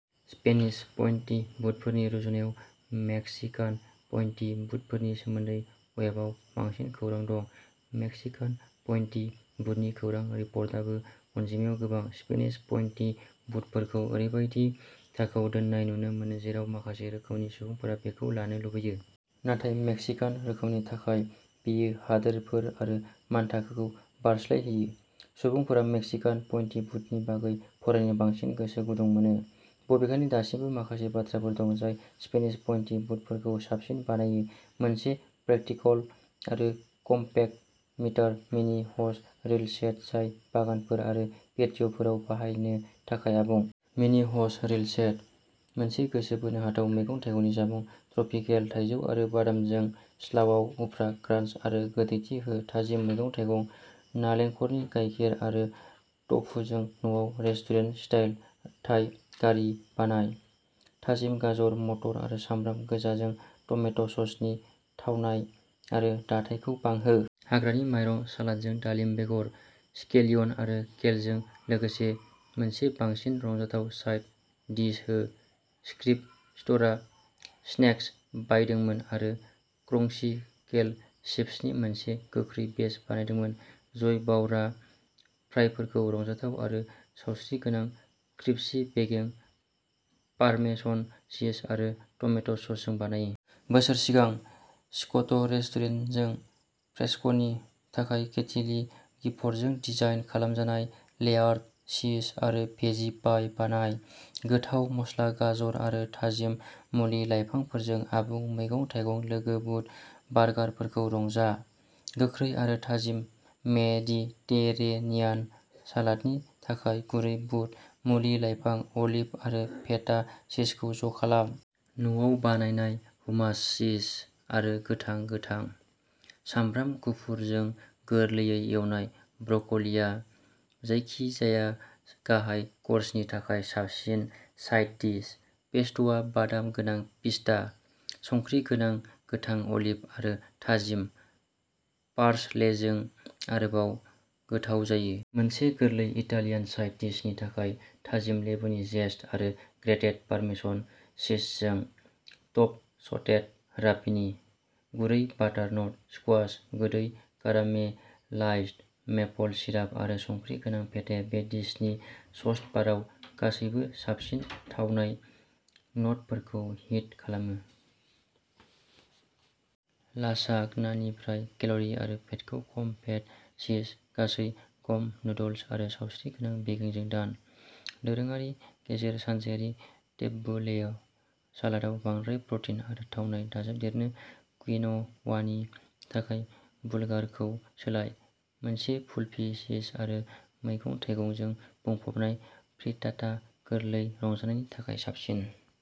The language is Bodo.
स्पेनिश पइन्टि बुटफोरनि रुजुनायाव मेक्सिकान पइन्टि बुटफोरनि सोमोन्दै वेबआव बांसिन खौरां दं। मेक्सिकान पइन्टि बुटनि खौरां रिपर्टआबो अनजिमायाव गोबां। स्पेनिस पइन्टि बुटफोरखौ ओरैबायदि थाखोआव दोननाय नुनो मोनो जेराव माखासे रोखोमनि सुबुंफोरा बेखौ लानो लुबैयो। नाथाय मेक्सिकान रोखोमनि थाखाय बेयो हादोरफोर आरो मानथाखोखौ बारस्लायहोयो। सुबुंफोरा मेक्सिकान पइन्टि बुटनि बागै फरायनो बांसिन गोसो गुदुं मोनो। बबेखानि दासिमबो माखासे बाथ्राफोर दं जाय स्पेनिश पइन्टि बुटफोरखौ साबसिन बानायो। मोनसे प्रेकटिकल आरो कमपेक्ट मिटार मिनि ह'ज रिल सेट जाय बागानफोर आरो पेटिय'फोराव बाहायनो थाखाय आबुं। Mini hose reel set. मोनसे गोसो बोनो हाथाव मैगं-थाइगंनि जामुं। ट्रपिकेल थाइजौ आरो बादामजों स्लावआव उफ्रा क्रान्च आरो गोदैथि हो। थाजिम मैगं-थाइगं, नालेंखरनि गायखेर आरो टफुजों न'आव रेस्टुरेन्ट-स्टाइल थाइ कारि बानाय। थाजिम गाजर, मटर आरो सामब्राम गोजाजों टमेट'ससनि थावनाय आरो दाथायखौ बांहो। हाग्रानि माइरं सालादजों दालिम बेगर, स्केलियन आरो केलजों लोगोसे मोनसे बांसिन रंजाथाव साइड डिश हो। स्किप स्ट'रआ स्नेक्स बायदोंमोन आरो क्रंची केल चिप्सनि मोनसे गोख्रै बेच बानायदोंमोन। जय बाउरआ फ्राइफोरखौ रंजाथाव-आरो सावस्रिगोनां-क्रिस्पी बेगें, पार्मेसन चीज आरो टमेट'ससजों बानायो। बोसोर सिगां स्क'ट'रेस्टुरेन्टजों फ्रेस्क'नि थाखाय केथी ली गिफर्डजों डिजाइन खालामजानाय लेयार्ड चीज आरो भेजि पाइ बानाय। गोथाव मस्ला, गाजर आरो थाजिम मुलि-लाइफांफोरजों आबुं मैगं-थाइगं-लोगो बुद बार्गारफोरखौ रंजा। गोख्रै आरो थाजिम मेडिटेरेनियान सालादनि थाखाय गुरै बुद, मुलि-लाइफां, अलिभ आरो फेटा चीजखौ ज'खालाम। न'आव बानायनाय हुमास चीज आरो गोथां गोथां। सामब्राम गुफुरजों गोरलैयै एवनाय ब्रक'लीआ जायखिजाया गाहाय कर्सनि थाखाय साबसिन साइड डिश। पेस्ट'आ बादाम गोनां पिस्ता, संख्रि गोनां गोथां अलिभ आरो थाजिम पार्सलेजों आरोबाव गोथाव जायो। मोनसे गोरलै इटालियान साइड डिशनि थाखाय थाजिम लेबुनि जेस्ट आरो ग्रेटेड पार्मेसन चीजजों टप सटेड रापिनी। गुरै बाटारनट स्क्वाश, गोदै कारामेलाइज्ड मेपल सिराप आरो संख्रि गोनां फेटाया बे डिशनि श'स्टपाराव गासैबो साबसिन थावनाय न'टफोरखौ हिट खालामो। लासाग्नानिफ्राय केल'रि आरो फेटखौ खम-फेट चीज, गासै-गम नुडल्स आरो सावस्रिगोनां बेगेंजों दान। दोरोङारि गेजेर सानजायारि टेबबुलेह सालादआव बांद्राय प्र'टिन आरो थावनाय दाजाबदेरनो क्विन'वानि थाखाय बुलगारखौ सोलाय। मोनसे फुलफि, चीज-आरो मैगं-थाइगंजों बुंफबनाय फ्रिटाटा गोरलै रंजानायनि थाखाय साबसिन।